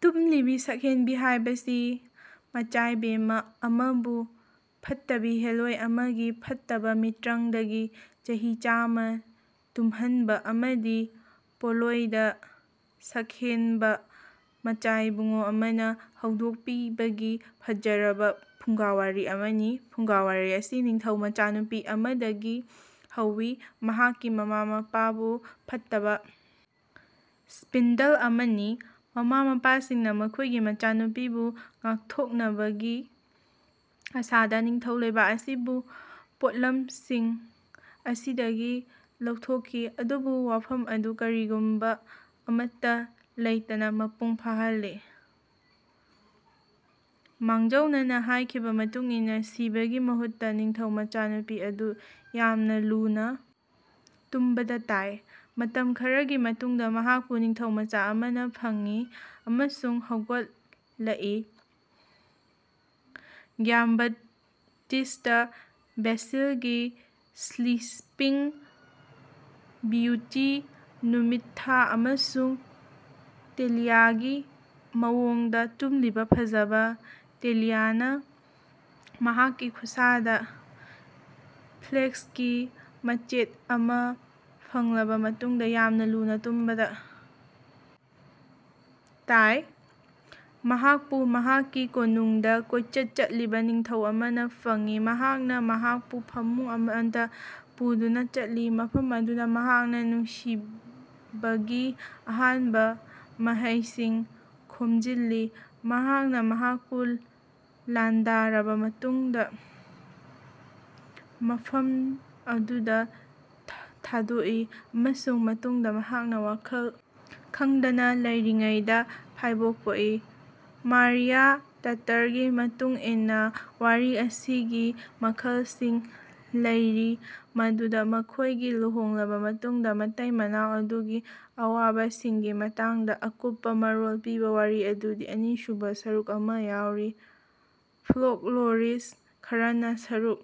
ꯇꯨꯝꯂꯤꯕꯤ ꯁꯛꯍꯦꯟꯕꯤ ꯍꯥꯏꯕꯁꯤ ꯃꯆꯥꯏꯕꯦꯝꯃ ꯑꯃꯕꯨ ꯐꯠꯇꯕꯤ ꯍꯦꯂꯣꯢ ꯑꯃꯒꯤ ꯐꯠꯇꯕ ꯃꯤꯠꯇ꯭ꯔꯪꯗꯒꯤ ꯆꯍꯤ ꯆꯥꯝꯃ ꯇꯨꯝꯍꯟꯕ ꯑꯃꯗꯤ ꯄꯣꯂꯣꯢꯗ ꯁꯛꯍꯦꯟꯕ ꯃꯆꯥꯏꯕꯨꯡꯉꯣ ꯑꯃꯅ ꯍꯧꯗꯣꯛꯄꯤꯕꯒꯤ ꯐꯖꯔꯕ ꯐꯨꯡꯒꯥꯋꯥꯔꯤ ꯑꯃꯅꯤ꯫ ꯐꯨꯡꯒꯥ ꯋꯥꯔꯤ ꯑꯁꯤ ꯅꯤꯡꯊꯧ ꯃꯆꯥꯅꯨꯄꯤ ꯑꯃꯗꯒꯤ ꯍꯧꯏ ꯃꯍꯥꯛꯀꯤ ꯃꯃꯥ ꯃꯄꯥꯕꯨ ꯐꯠꯇꯕ ꯁ꯭ꯄꯤꯟꯗꯜ ꯑꯃꯅꯤ꯫ ꯃꯃꯥ ꯃꯄꯥꯁꯤꯡꯅ ꯃꯈꯣꯏꯒꯤ ꯃꯆꯥꯅꯨꯄꯤꯕꯨ ꯉꯥꯛꯊꯣꯛꯅꯕꯒꯤ ꯑꯥꯁꯥꯗ ꯅꯤꯡꯊꯧ ꯂꯩꯕꯥꯛ ꯑꯁꯤꯕꯨ ꯄꯣꯠꯂꯝꯁꯤꯡ ꯑꯁꯤꯗꯒꯤ ꯂꯧꯊꯣꯛꯈꯤ ꯑꯗꯨꯕꯨ ꯋꯥꯐꯝ ꯑꯗꯨ ꯀꯔꯤꯒꯨꯝꯕ ꯑꯃꯠꯇ ꯂꯩꯇꯅ ꯃꯄꯨꯡ ꯐꯥꯍꯜꯂꯤ꯫ ꯃꯥꯡꯖꯧꯅꯅ ꯍꯥꯏꯈꯤꯕ ꯃꯇꯨꯡ ꯏꯟꯅ ꯁꯤꯕꯒꯤ ꯃꯍꯨꯠꯇ ꯅꯤꯡꯊꯧ ꯃꯆꯥꯅꯨꯄꯤ ꯑꯗꯨ ꯌꯥꯝꯅ ꯂꯨꯅ ꯇꯨꯝꯕꯗ ꯇꯥꯏ꯫ ꯃꯇꯝ ꯈꯔꯒꯤ ꯃꯇꯨꯡꯗ ꯃꯍꯥꯛꯄꯨ ꯅꯤꯡꯊꯧꯃꯆꯥ ꯑꯃꯅ ꯐꯪꯏ ꯑꯃꯁꯨꯡ ꯍꯧꯒꯠꯂꯛꯏ꯫ ꯒ꯭ꯌꯥꯝꯕꯥꯇꯤꯁꯇꯥ ꯕꯦꯁꯤꯜꯒꯤ ꯁ꯭ꯂꯤꯄꯤꯡ ꯕꯤꯌꯨꯇꯤ ꯅꯨꯃꯤꯠ ꯊꯥ ꯑꯃꯁꯨꯡ ꯇꯥꯂꯤꯌꯥꯒꯤ ꯃꯑꯣꯡꯗ ꯇꯨꯝꯂꯤꯕ ꯐꯖꯕ ꯇꯥꯂꯤꯌꯥꯅ ꯃꯍꯥꯛꯀꯤ ꯈꯨꯠꯁꯥꯗ ꯐ꯭ꯂꯦꯛꯁꯀꯤ ꯃꯆꯦꯠ ꯑꯃ ꯐꯪꯂꯕ ꯃꯇꯨꯡꯗ ꯌꯥꯝꯅ ꯂꯨꯅ ꯇꯨꯝꯕꯗ ꯇꯥꯏ꯫ ꯃꯍꯥꯛꯄꯨ ꯃꯍꯥꯛꯀꯤ ꯀꯣꯅꯨꯡꯗ ꯀꯣꯏꯆꯠ ꯆꯠꯂꯤꯕ ꯅꯤꯡꯊꯧ ꯑꯃꯅ ꯐꯪꯉꯤ ꯃꯍꯥꯛꯅ ꯃꯍꯥꯛꯄꯨ ꯐꯃꯨꯡ ꯑꯃꯗ ꯄꯨꯗꯨꯅ ꯆꯠꯂꯤ ꯃꯐꯝ ꯑꯗꯨꯗ ꯃꯍꯥꯛꯅ ꯅꯨꯡꯁꯤꯕꯒꯤ ꯑꯍꯥꯟꯕ ꯃꯍꯩꯁꯤꯡ ꯈꯣꯝꯖꯤꯜꯂꯤ꯫ ꯃꯍꯥꯛꯅ ꯃꯍꯥꯛꯄꯨ ꯂꯥꯟꯗꯥꯔꯕ ꯃꯇꯨꯡꯗ ꯃꯐꯝ ꯑꯗꯨꯗ ꯊꯥꯗꯣꯛꯏ ꯑꯃꯁꯨꯡ ꯃꯇꯨꯡꯗ ꯃꯍꯥꯛꯅ ꯋꯥꯈꯜ ꯈꯪꯗꯅ ꯂꯩꯔꯤꯉꯩꯗ ꯐꯥꯏꯕꯣꯛ ꯄꯣꯛꯏ꯫ ꯃꯥꯔꯤꯌꯥ ꯇꯥꯇꯔꯒꯤ ꯃꯇꯨꯡ ꯏꯟꯅ ꯋꯥꯔꯤ ꯑꯁꯤꯒꯤ ꯃꯈꯜꯁꯤꯡ ꯂꯩꯔꯤ ꯃꯗꯨꯗ ꯃꯈꯣꯏꯒꯤ ꯂꯨꯍꯣꯡꯂꯕ ꯃꯇꯨꯡꯗ ꯃꯇꯩ ꯃꯅꯥꯎ ꯑꯗꯨꯒꯤ ꯑꯋꯥꯕꯁꯤꯡꯒꯤ ꯃꯇꯥꯡꯗ ꯑꯀꯨꯞꯄ ꯃꯔꯣꯜ ꯄꯤꯕ ꯋꯥꯔꯤ ꯑꯗꯨꯒꯤ ꯑꯅꯤꯁꯨꯕ ꯁꯔꯨꯛ ꯑꯃ ꯌꯥꯎꯔꯤ ꯐꯣꯛꯂꯣꯔꯤꯁ꯭ꯠ ꯈꯔꯅ ꯁꯔꯨꯛ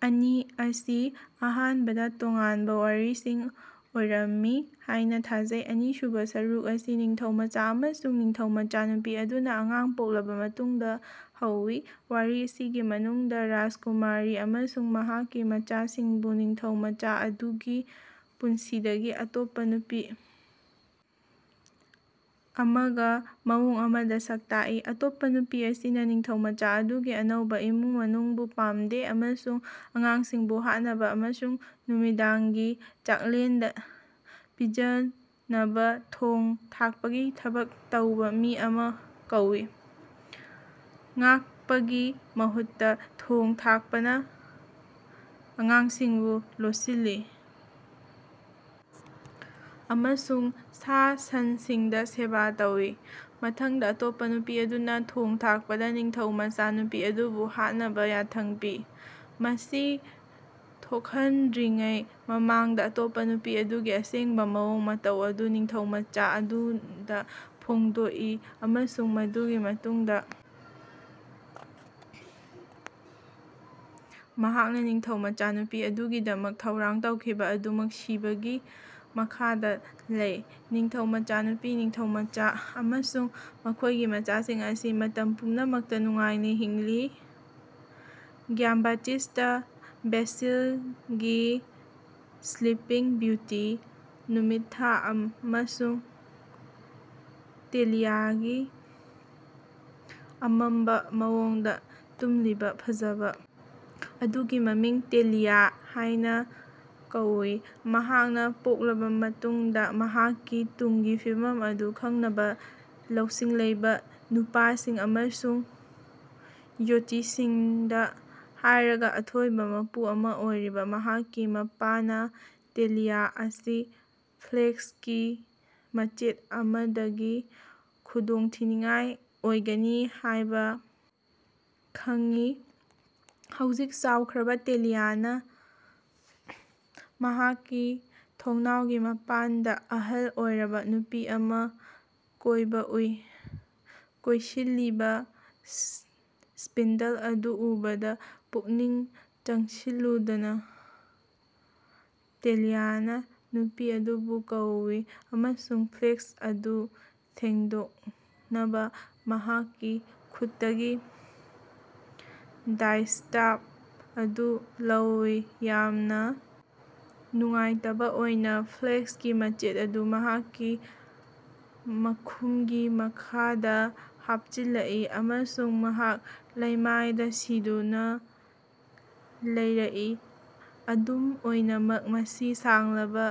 ꯑꯅꯤ ꯑꯁꯤ ꯑꯍꯥꯟꯕꯗ ꯇꯣꯉꯥꯟꯕ ꯋꯥꯔꯤꯁꯤꯡ ꯑꯣꯏꯔꯝꯃꯤ ꯍꯥꯏꯅ ꯊꯥꯖꯩ꯫ ꯑꯅꯤꯁꯨꯕ ꯁꯔꯨꯛ ꯑꯁꯤ ꯅꯤꯡꯊꯧꯃꯆꯥ ꯑꯃꯁꯨꯡ ꯅꯤꯡꯊꯧ ꯃꯆꯥꯅꯨꯄꯤ ꯑꯗꯨꯅ ꯑꯉꯥꯡ ꯄꯣꯛꯂꯕ ꯃꯇꯨꯡꯗ ꯍꯧꯏ꯫ ꯋꯥꯔꯤ ꯑꯁꯤꯒꯤ ꯃꯅꯨꯡꯗ ꯔꯥꯖꯀꯨꯃꯥꯔꯤ ꯑꯃꯁꯨꯡ ꯃꯍꯥꯛꯀꯤ ꯃꯆꯥꯁꯤꯡꯕꯨ ꯅꯤꯡꯊꯧ ꯃꯆꯥ ꯑꯗꯨꯒꯤ ꯄꯨꯟꯁꯤꯗꯒꯤ ꯑꯇꯣꯞꯄ ꯅꯨꯄꯤ ꯑꯃꯒ ꯃꯑꯣꯡ ꯑꯃꯗ ꯁꯛꯇꯥꯛꯏ꯫ ꯑꯇꯣꯞꯄ ꯅꯨꯄꯤ ꯑꯁꯤꯅ ꯅꯤꯡꯊꯧꯃꯆꯥ ꯑꯗꯨꯒꯤ ꯑꯅꯧꯕ ꯏꯃꯨꯡ ꯃꯅꯨꯡꯕꯨ ꯄꯥꯝꯗꯦ ꯑꯃꯁꯨꯡ ꯑꯉꯥꯡꯁꯤꯡꯕꯨ ꯍꯥꯠꯅꯕ ꯑꯃꯁꯨꯡ ꯅꯨꯃꯤꯗꯥꯡꯒꯤ ꯆꯥꯛꯂꯦꯟꯗ ꯄꯤꯖꯅꯕ ꯊꯣꯡ ꯊꯥꯛꯄꯒꯤ ꯊꯕꯛ ꯇꯧꯕ ꯃꯤ ꯑꯃ ꯀꯧꯏ꯫ ꯉꯥꯛꯄꯒꯤ ꯃꯍꯨꯠꯇ ꯊꯣꯡ ꯊꯥꯛꯄꯅ ꯑꯉꯥꯡꯁꯤꯡꯕꯨ ꯂꯣꯠꯁꯤꯜꯂꯤ ꯑꯃꯁꯨꯡ ꯁꯥ ꯁꯟꯁꯤꯡꯗ ꯁꯦꯕꯥ ꯇꯧꯏ꯫ ꯃꯊꯪꯗ ꯑꯇꯣꯞꯄ ꯅꯨꯄꯤ ꯑꯗꯨꯅ ꯊꯣꯡ ꯊꯥꯛꯄꯗ ꯅꯤꯡꯊꯧ ꯃꯆꯥꯅꯨꯄꯤ ꯑꯗꯨꯕꯨ ꯍꯥꯠꯅꯕ ꯌꯥꯊꯪ ꯄꯤ꯫ ꯃꯁꯤ ꯊꯣꯛꯍꯟꯗ꯭ꯔꯤꯉꯩ ꯃꯃꯥꯡꯗ ꯑꯇꯣꯞꯄ ꯅꯨꯄꯤ ꯑꯗꯨꯒꯤ ꯑꯁꯦꯡꯕ ꯃꯑꯣꯡ ꯃꯇꯧ ꯑꯗꯨ ꯅꯤꯡꯊꯧꯃꯆꯥ ꯑꯗꯨꯗ ꯐꯣꯡꯗꯣꯛꯏ ꯑꯃꯁꯨꯡ ꯃꯗꯨꯒꯤ ꯃꯇꯨꯡꯗ ꯃꯍꯥꯛꯅ ꯅꯤꯡꯊꯧ ꯃꯆꯥꯅꯨꯄꯤ ꯑꯗꯨꯒꯤꯗꯃꯛ ꯊꯧꯔꯥꯡ ꯇꯧꯈꯤꯕ ꯑꯗꯨꯃꯛ ꯁꯤꯕꯒꯤ ꯃꯈꯥꯗ ꯂꯩ꯫ ꯅꯤꯡꯊꯧ ꯃꯆꯥꯅꯨꯄꯤ ꯅꯤꯡꯊꯧꯃꯆꯥ ꯑꯃꯁꯨꯡ ꯃꯈꯣꯏꯒꯤ ꯃꯆꯥꯁꯤꯡ ꯑꯁꯤ ꯃꯇꯝ ꯄꯨꯝꯅꯃꯛꯇ ꯅꯨꯡꯉꯥꯏꯅ ꯍꯤꯡꯂꯤ꯫ ꯒ꯭ꯌꯥꯝꯕꯥꯇꯤꯁꯇꯥ ꯕꯦꯁꯤꯜꯒꯤ ꯁ꯭ꯂꯤꯄꯤꯡ ꯕꯤꯌꯨꯇꯤ ꯅꯨꯃꯤꯠ ꯊꯥ ꯑꯃꯁꯨꯡ ꯇꯥꯂꯤꯌꯥꯒꯤ ꯑꯃꯝꯕ ꯃꯑꯣꯡꯗ ꯇꯨꯝꯂꯤꯕ ꯐꯖꯕ ꯑꯗꯨꯒꯤ ꯃꯃꯤꯡ ꯇꯥꯂꯤꯌꯥ ꯍꯥꯏꯅ ꯀꯧꯏ꯫ ꯃꯍꯥꯛꯅ ꯄꯣꯛꯂꯕ ꯃꯇꯨꯡꯗ ꯃꯍꯥꯛꯀꯤ ꯇꯨꯡꯒꯤ ꯐꯤꯕꯝ ꯑꯗꯨ ꯈꯪꯅꯕ ꯂꯧꯁꯤꯡ ꯂꯩꯕ ꯅꯨꯄꯥꯁꯤꯡ ꯑꯃꯁꯨꯡ ꯖ꯭ꯌꯣꯇꯤꯁꯁꯤꯡꯗ ꯍꯥꯏꯔꯒ ꯑꯊꯣꯏꯕ ꯃꯄꯨ ꯑꯃꯥ ꯑꯣꯏꯔꯤꯕ ꯃꯍꯥꯛꯀꯤ ꯃꯄꯥꯅ ꯇꯥꯂꯤꯌꯥ ꯑꯁꯤ ꯐ꯭ꯂꯦꯛꯁꯀꯤ ꯃꯆꯦꯠ ꯑꯃꯗꯒꯤ ꯈꯨꯗꯣꯡꯊꯤꯅꯤꯡꯉꯥꯏ ꯑꯣꯏꯒꯅꯤ ꯍꯥꯏꯕ ꯈꯪꯉꯤ꯫ ꯍꯧꯖꯤꯛ ꯆꯥꯎꯈ꯭ꯔꯕ ꯇꯥꯂꯤꯌꯥꯅ ꯃꯍꯥꯛꯀꯤ ꯊꯣꯡꯅꯥꯎꯒꯤ ꯃꯄꯥꯟꯗ ꯑꯍꯜ ꯑꯣꯏꯔꯕ ꯅꯨꯄꯤ ꯑꯃ ꯀꯣꯏꯕ ꯎꯏ꯫ ꯀꯣꯏꯁꯤꯜꯂꯤꯕ ꯁ꯭ꯄꯤꯟꯗꯜ ꯑꯗꯨ ꯎꯕꯗ ꯄꯨꯛꯅꯤꯡ ꯆꯪꯁꯤꯜꯂꯗꯨꯅ ꯇꯥꯂꯤꯌꯥꯅ ꯅꯨꯄꯤ ꯑꯗꯨꯕꯨ ꯀꯧꯋꯤ ꯑꯃꯁꯨꯡ ꯐ꯭ꯂꯦꯛꯁ ꯑꯗꯨ ꯁꯥꯡꯗꯣꯛꯅꯕ ꯃꯍꯥꯛꯀꯤ ꯈꯨꯠꯇꯒꯤ ꯗꯥꯏꯁ꯭ꯇꯥꯐ ꯑꯗꯨ ꯂꯧꯋꯤ꯫ ꯌꯥꯝꯅ ꯅꯨꯡꯉꯥꯏꯇꯕ ꯑꯣꯏꯅ ꯐ꯭ꯂꯦꯛꯁꯀꯤ ꯃꯆꯦꯠ ꯑꯗꯨ ꯃꯍꯥꯛꯀꯤ ꯃꯈꯨꯝꯒꯤ ꯃꯈꯥꯗ ꯍꯥꯞꯆꯤꯜꯂꯛꯏ ꯑꯃꯁꯨꯡ ꯃꯍꯥꯛ ꯂꯩꯃꯥꯏꯗ ꯁꯤꯗꯨꯅ ꯂꯩꯔꯛꯏ ꯑꯗꯨꯝ ꯑꯣꯏꯅꯃꯛ ꯃꯁꯤ ꯁꯥꯡꯂꯕ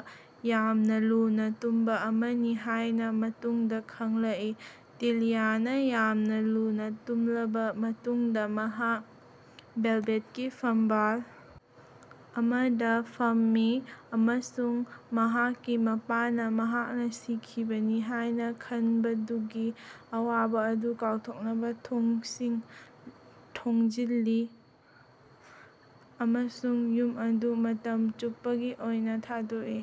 ꯌꯥꯝꯅ ꯂꯨꯅ ꯇꯨꯝꯕ ꯑꯃꯅꯤ ꯍꯥꯏꯅ ꯃꯇꯨꯡꯗ ꯈꯪꯂꯛꯏ꯫ ꯇꯥꯂꯤꯌꯥꯅ ꯌꯥꯝꯅ ꯂꯨꯅ ꯇꯨꯝꯂꯕ ꯃꯇꯨꯡꯗ ꯃꯍꯥꯛ ꯚꯦꯜꯚꯦꯠꯀꯤ ꯐꯝꯕꯥꯜ ꯑꯃꯗ ꯐꯝꯃꯤ ꯑꯃꯁꯨꯡ ꯃꯍꯥꯛꯀꯤ ꯃꯄꯥꯅ ꯃꯍꯥꯛꯅ ꯁꯤꯈꯤꯕꯅꯤ ꯍꯥꯏꯅ ꯈꯟꯕꯗꯨꯒꯤ ꯑꯋꯥꯕ ꯑꯗꯨ ꯀꯥꯎꯊꯣꯛꯅꯕ ꯊꯣꯡꯁꯤꯡ ꯊꯤꯡꯖꯤꯜꯂꯤ ꯑꯃꯁꯨꯡ ꯌꯨꯝ ꯑꯗꯨ ꯃꯇꯝ ꯆꯨꯞꯄꯒꯤ ꯑꯣꯏꯅ ꯊꯥꯗꯣꯛꯏ꯫